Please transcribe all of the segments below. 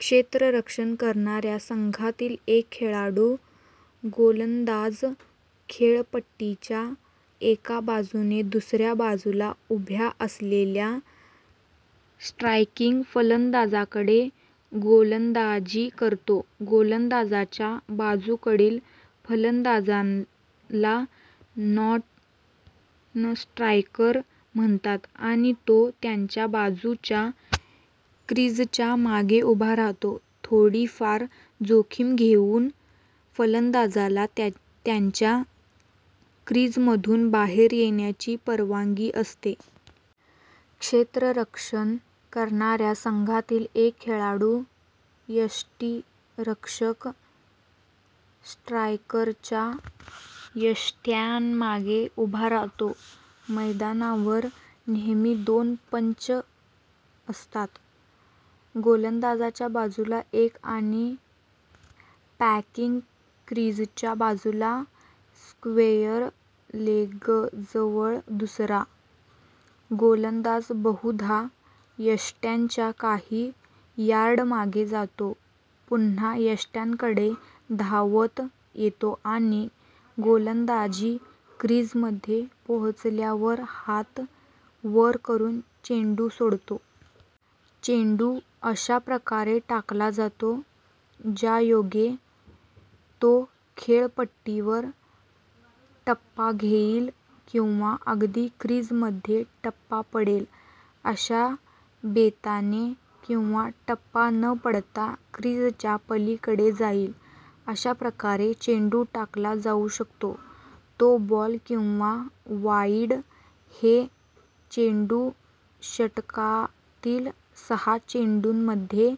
क्षेत्ररक्षण करणाऱ्या संघातील एक खेळाडू गोलंदाज, खेळपट्टीच्या एका बाजूने दुसऱ्या बाजूला उभ्या असलेल्या स्ट्राईकिंग फलंदाजाकडे गोलंदाजी करतो. गोलंदाजाच्या बाजूकडील फलंदाजाला नॉन-स्ट्राईकर म्हणतात, आणि तो त्याच्या बाजूच्या क्रिजच्या मागे उभा राहतो. थोडी फार जोखीम घेऊन, फलंदाजाला त्यांच्या क्रिजमधून बाहेर येण्याची परवानगी असते. क्षेत्ररक्षण करणाऱ्या संघातील एक खेळाडू, यष्टिरक्षक, स्ट्रायकरच्या यष्ट्यांमागे उभा राहतो. मैदानावर नेहमी दोन पंच असतात. गोलंदाजाच्या बाजूला एक आणि पॉपिंग क्रिजच्या बाजूला स्क्वेअर लेगजवळ दुसरा. गोलंदाज बहुधा यष्ट्यांच्या काही यार्ड मागे जातो, पुन्हा यष्ट्यांकडे धावत येतो आणि गोलंदाजी क्रिज मध्ये पोहोचल्यावर हात वर करून चेंडू सोडतो. चेंडू अशा प्रकारे टाकला जातो, ज्यायोगे तो खेळपट्टीवर टप्पा घेईल किंवा अगदी क्रिजमध्ये टप्पा पडेल अशा बेताने, किंवा टप्पा न पडता क्रिजच्या पलीकडे जाईल, अशा प्रकारे चेंडू टाकला जाऊ शकतो. नो बॉल किंवा वाईड हे चेंडू षटकातील सहा चेंडूंमध्ये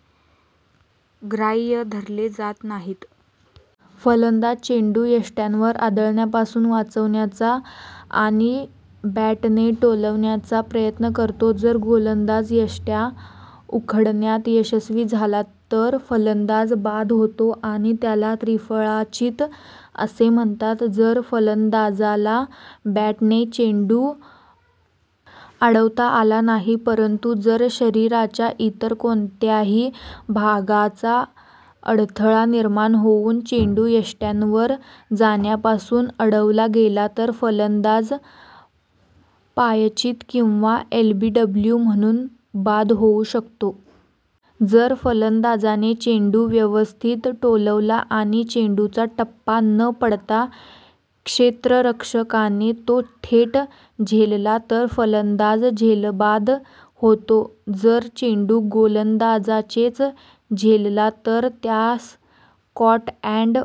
ग्राह्य धरले जात नाहीत. फलंदाज चेंडू यष्ट्यांवर आदळण्यापासून वाचवण्याचा आणि बॅटने टोलवण्याचा प्रयत्न करतो. जर गोलंदाज, यष्ट्या उखडण्यात यशस्वी झाला तर फलंदाज बाद होतो आणि त्याला त्रिफळाचीत असे म्हणतात. जर फलंदाजाला बॅटने चेंडू अडवता आला नाही, परंतु जर शरीराच्या इतर कोणत्याही भागाचा अडथळा निर्माण होऊन, चेंडू यष्ट्यांवर जाण्यापासून अडवला गेला तर फलंदाज पायचीत, किंवा "एलबीडब्लू" म्हणून बाद होऊ शकतो. जर फलंदाजाने चेंडू व्यवस्थित टोलवला आणि चेंडूचा टप्पा न पडता क्षेत्ररक्षकाने तो थेट झेलला तर फलंदाज झेलबाद होतो. जर चेंडू गोलंदाजाचेच झेलला तर त्यास कॉट अँड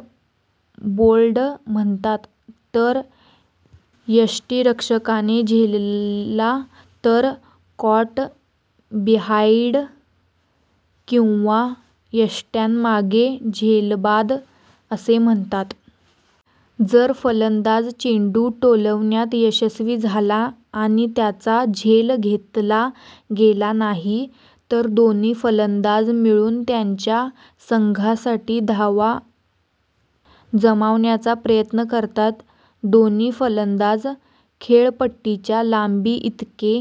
बोल्ड म्हणतात; तर यष्टिरक्षकाने झेलला तर, कॉट बिहाईंड किंवा यष्ट्यांमागे झेलबाद असे म्हणतात. जर फलंदाज चेंडू टोलवण्यात यशस्वी झाला आणि त्याचा झेल घेतला गेला नाही, तर दोन्ही फलंदाज मिळून त्यांच्या संघासाठी धावा जमावण्याचा प्रयत्न करतात. दोन्ही फलंदाज खेळपट्टीच्या लांबीइतके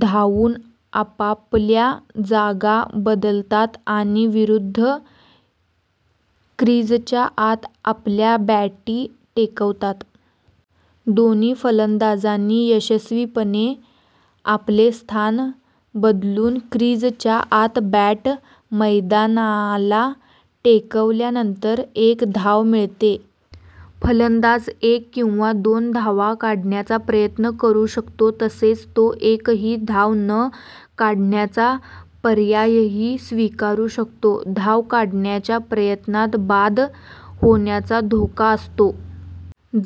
धावून आपापल्या जागा बदलतात आणि विरुद्ध क्रिजच्या आत आपल्या बॅटी टेकवतात. दोन्ही फलंदाजांनी यशस्वीपणे आपले स्थान बदलून, क्रिजच्या आत बॅट मैदानाला टेकवल्यानंतर एक धाव मिळते. फलंदाज एक किंवा दोन धावा काढण्याचा प्रयत्न करू शकतो तसेच तो एकही धाव न काढण्याचा पर्यायही स्वीकारू शकतो. धाव काढण्याच्या प्रयत्नात बाद होण्याचा धोका असतो.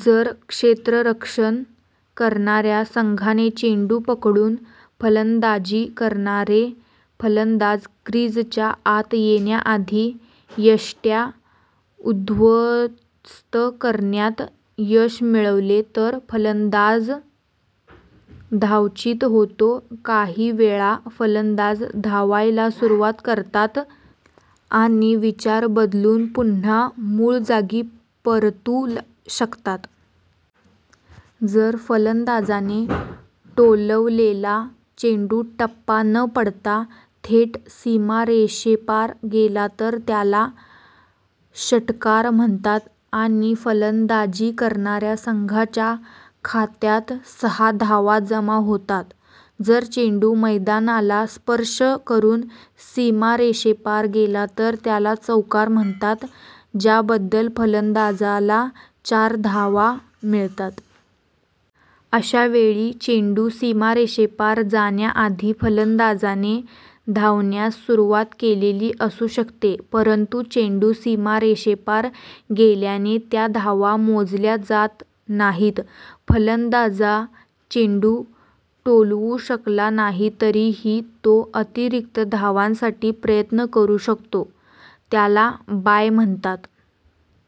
जर क्षेत्ररक्षण करणाऱ्या संघाने चेंडू पकडून फलंदाजी करणारे फलंदाज क्रिजच्या आत येण्याआधी यष्ट्या उद्ध्वस्त करण्यात यश मिळवले, तर फलंदज धावचीत होतो. काही वेळा फलंदाज धावायला सुरुवात करतात, आणि विचार बदलून पुन्हा मूळ जागी परतू शकतात. जर फलंदाजाने टोलवलेला चेंडू टप्पा न पडता थेट सीमारेषेपार गेला तर त्याला षट्कार म्हणतात, आणि फलंदाजी करणाऱ्या संघाच्या खात्यात सहा धावा जमा होतात. जर चेंडू मैदानाला स्पर्श करून सीमारेषेपार गेला तर त्याला चौकार म्हणतात, ज्याबद्दल फलंदाजाला चार धावा मिळतात. अशा वेळी चेंडू सीमारेषेपार जाण्याआधी फलंदाजाने धावण्यास सुरुवात केलेली असू शकते, परंतु चेंडू सीमारेषेपार गेल्याने, त्या धावा मोजल्या जात नाहीत. फलंदाजा चेंडू टोलवू शकला नाही तरीही तो अतिरिक्त धावांसाठी प्रयत्न करू शकतो: त्याला बाय म्हणतात.